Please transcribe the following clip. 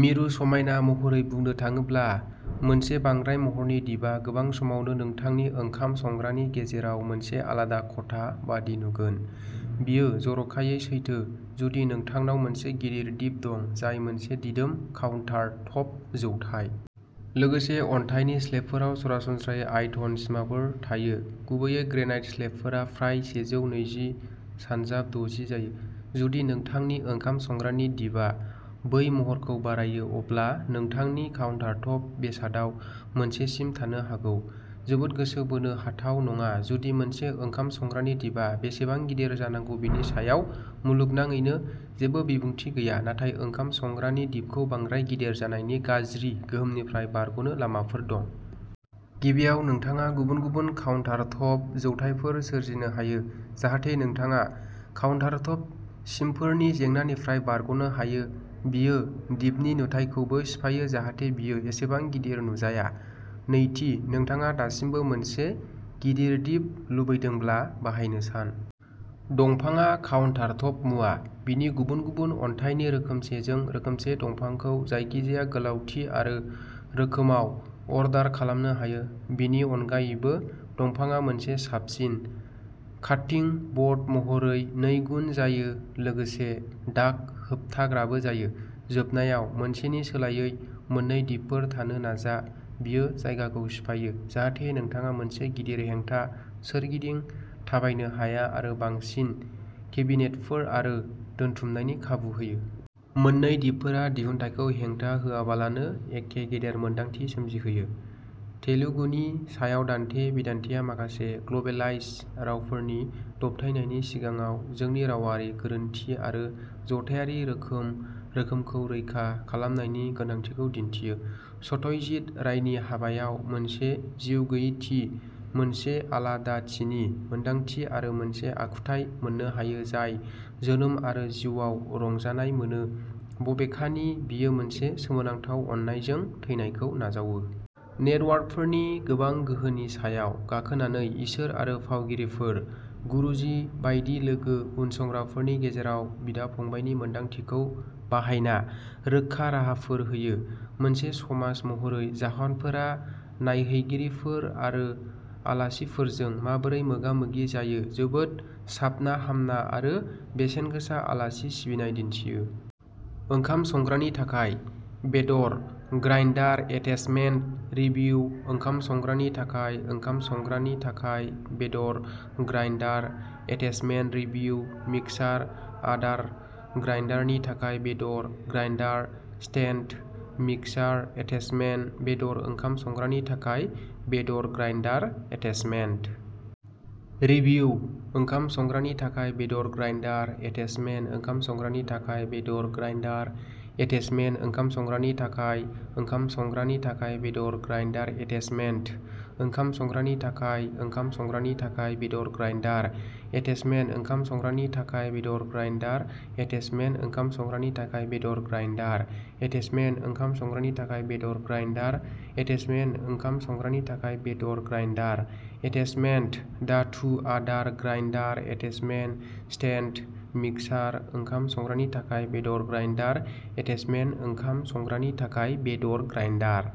मिरु समायना महरै बुंनो थाङोब्ला मोनसे बांद्राय-महरनि दिपआ गोबां समावनो नोंथांनि ओंखाम संग्रानि गेजेराव मोनसे आलादा खथा बायदि नुगोन। बेयो जर'खायै सैथो जुदि नोंथांनाव मोनसे गिदिर दिप दं जाय मोनसे दिदोम काउन्टार टप जौथाइ। लोगोसे अन्थाइनि स्लेबफोराव सरासनस्रायै आयतन सिमाफोर थायो गुबैयै ग्रेनाइट स्लेबफोरा प्राय सेजौ नैजि सानजाब दजि जायो। जुदि नोंथांनि ओंखाम संग्रानि दिपआ बै महरखौ बारायो अब्ला नोंथांनि काउन्टारटप बेसादाव मोनसे सिम थानो हागौ जोबोद गोसो बोनो हाथाव नङा जुदि मोनसे ओंखाम संग्रानि दिपआ बेसेबां गिदिर जानांगौ बेनि सायाव मुलुगनाङैनो जेबो बिबुंथि गैया नाथाय ओंखाम संग्रानि दिपखौ बांद्राय गिदिर जानायनि गाज्रि गोहोमनिफ्राय बारग'नो लामाफोर दं। गिबियाव नोंथाङा गुबुन गुबुन काउन्टार टप जौथायफोर सोरजिनो हायो जाहाथे नोंथाङा काउन्टारटप सिमफोरनि जेंनानिफ्राय बारग'नो हायो बेयो दिपनि नुथायखौ बो सिफायो जाहाथे बेयो एसेबां गिदिर नुजाया। नैथि नोंथाङा दासिमबो मोनसे गिदिर दिप लुबैदोंब्ला बाहायनो सान। दंफांआ काउन्टारटप मुवा। बेनि गुबुन गुबुन अन्थाइनि रोखोमसेजों रोखोमसे दंफांखौ जायखिजाया गोलावथि आरो रोखोमाव अर्डार खालामनो हायो। बेनि अनगायैबो दंफांआ मोनसे साबसिन काटिं ब'र्ड महरै नैगुन जायो लोगोसे दाग होबथाग्राबो जायो। जोबनायाव मोनसेनि सोलायै मोन्नै दिपफोर थानो नाजा बेयो जायगाखौ सिफायो जाहाथे नोंथाङा मोनसे गिदिर हेंथा सोरगिदिं थाबायनो हाया आरो बांसिन केबिनेटफोर आरो दोनथुमनायनि खाबु होयो। मोन्नै दिपफोरा दिहुनथायखौ हेंथा होआलाबानो एखे गेदेर मोन्दांथि सोमजिहोयो। तेलुगुनि सायाव दान्थे बिदान्थेया माखासे ग्लबेलाइज्ड रावफोरनि दबथायनायनि सिगाङाव जोंनि रावारि गोरोनथि आरो जथायारि रोखोम रोखोमखौ रैखा खालामनायनि गोनांथिखौ दिन्थियो। सत्यजीत रायनि हाबायाव मोनसे जिउगैयैथि मोनसे आलादाथिनि मोनदांथि आरो मोनसे आखुथाय मोननो हायो जाय जोनोम आरो जिउआव रंजानाय मोनो बबेखानि बेयो मोनसे सोमोनांथाव अननायजों थैनायखौ नाजावो। नेटवर्कफोरनि गोबां गोहोनि सायाव गाखोनानै इसोर आरो फावगिरिफोर। गुरुजि बायदि लोगो उनसंग्राफोरनि गेजेराव बिदा फंबायनि मोन्दांथिखौ बाहायना रोखा राहाफोर होयो। मोनसे समाज महरै जापानफोरा नायहैगिरिफोर आरो आलासिफोरजों माबोरै मोगा मोगि जायो जोबोद साबनाहामना आरो बेसेनगोसा आलासि सिबिनाय दिन्थियो। ओंखाम संग्रानि थाखाय बेदर ग्राइन्डार एटेचमेन्ट रिभिउ ओंखाम संग्रानि थाखाय ओंखाम संग्रानि थाखाय बेदर ग्राइन्डार एटेचमेन्ट रिभिउ मिक्सार आदार ग्राइन्डारनि थाखाय बेदर ग्राइन्डार स्टेन्ड मिक्सार एटेचमेन्ट बेदर ओंखाम संग्रानि थाखाय बेदर ग्राइन्डार एटेचमेन्ट रिभिउ ओंखाम संग्रानि थाखाय बेदर ग्राइन्डार एटेचमेन्ट ओंखाम संग्रानि थाखाय बेदर ग्राइन्डार एटेचमेन्ट ओंखाम संग्रानि थाखाय ओंखाम संग्रानि थाखाय बेदर ग्राइन्डार एटेचमेन्ट ओंखाम संग्रानि थाखाय ओंखाम संग्रानि थाखाय बेदर ग्राइन्डार एटेचमेन्ट ओंखाम संग्रानि थाखाय बेदर ग्राइन्डार एटेचमेन्ट ओंखाम संग्रानि थाखाय बेदर ग्राइन्डार एटेचमेन्ट ओंखाम संग्रानि थाखाय बेदर ग्राइन्डार एटेचमेन्ट ओंखाम संग्रानि थाखाय बेदर ग्राइन्डार एटेचमेन्ट धातु आदार ग्राइन्डार एटेचमेन्ट स्टेन्ड मिक्सार ओंखाम संग्रानि थाखाय बेदर ग्राइन्डार एटेचमेन्ट ओंखाम संग्रानि थाखाय बेदर ग्राइन्डार।